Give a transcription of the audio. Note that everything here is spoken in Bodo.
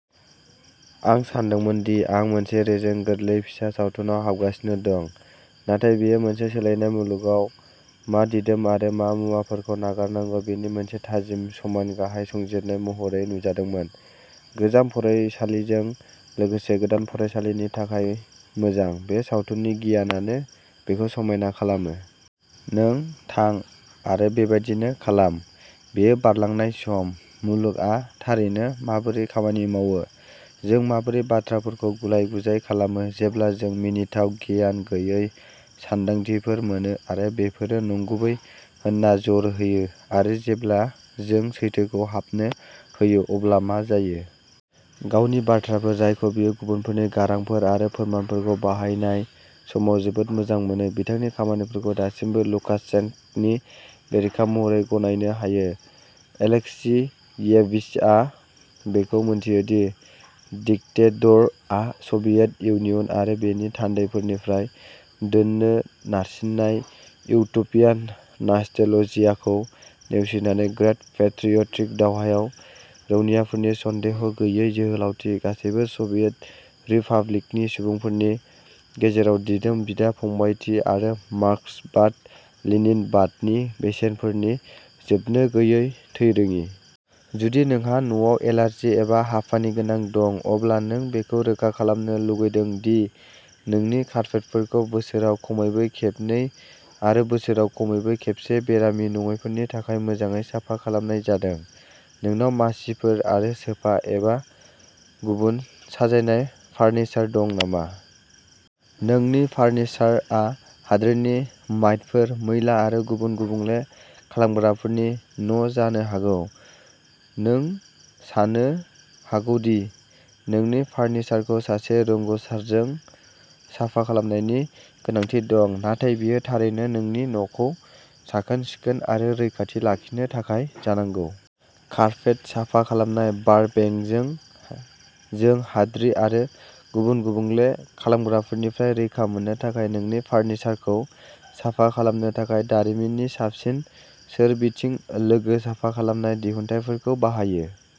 आं सानदोंमोन दि आं मोनसे रेजें, गोरलै फिसा सावथुनाव हाबगासिनो दं, नाथाय बेयो मोनसे सोलायनाय मुलुगाव मा दिदोम आरो मा मुवाफोरखौ नागारनांगौ बेनि मोनसे थाजिम समान-गाहाय संजिरनाय महरै नुजादोंमोन। गोजाम फरायसालिजों लोगोसे गोदान फरायसालिनि थाखाय मोजां, बे सावथुननि गियानानो बेखौ समायना खालामो। नों थां आरो बेबायदिनो खालाम। बेयो बारलांनाय सम, मुलुगआ थारैनो माबोरै खामानि मावो, जों माबोरै बाथ्राफोरखौ गुलाय-गुजाय खालामो जेब्ला जों मिनिथाव गियान गैयै सानदांथिफोर मोनो आरो बेफोरो नंगुबै होनना जर होयो, आरो जेब्ला जों सैथोखौ हाबनो होयो अब्ला मा जायो। गावनि बाथ्राफोर, जायखौ बियो गुबुनफोरनि गारांफोर आरो फोरमानफोरखौ बाहायनाय समाव जोबोद मोजां मोनो, बिथांनि खामानिफोरखौ दासिमबो लुकाशेन्क'नि बेरेखा महरै गनायनो हायो। एलेक्सियेविचआ बेखौ मोनथियो दि डिक्टेडरआ सभियेट इउनियन आरो बेनि थान्दैफोरनिफ्राय दोननो नारसिननाय इउटोपियान नास्टेलजियाखौ नेवसिनानै-- ग्रेट पेट्रियटिक दावहायाव रौनियाफोरनि सन्देह गैयै जोहोलावथि, गासैबो सभियेट रिपाब्लिकनि सुबुंफोरनि गेजेराव दिदोम बिदा-फंबायथि, आरो मार्क्सबाद-लेनिनबादनि बेसेनफोरनि जोबनोगैयै थैरोङि। जुदि नोंहा न'आव एलार्जि एबा हापानि गोनां दं, अब्ला नों बेखौ रोखा खालामनो लुगैदों दि नोंनि कारपेटफोरखौ बोसोराव खमैबो खेबनै आरो बोसोराव खमैबो खेबसे बेरामि नङैफोरनि थाखाय मोजाङै साफा खालामनाय जादों। नोंनाव मासिफोर आरो सोफा एबा गुबुन साजायनाय फार्निचार दं नामा? नोंनि फार्निचारआ हाद्रिनि माइटफोर, मैला आरो गुबुन गुबुंले खालामग्राफोरनि न'जानो हागौ। नों सानो हागौ दि नोंनि फार्निचारखौ सासे रोंग'सारजों साफा खालामनायनि गोनांथि दं, नाथाय बेयो थारैनो नोंनि न'खौ साखोन-सिखोन आरो रैखाथि लाखिनो थाखाय जानांगौ। कारपेट साफा खालामनाय बारबेंकजों, जों हाद्रि आरो गुबुन गुबुंले खालामग्राफोरनिफ्राय रैखा मोननो थाखाय नोंनि फार्निचारखौ साफा खालामनो थाखाय दारिमिननि साबसिन सोरबिथिं-लोगो साफा खालामनाय दिहुनथायफोरखौ बाहायो।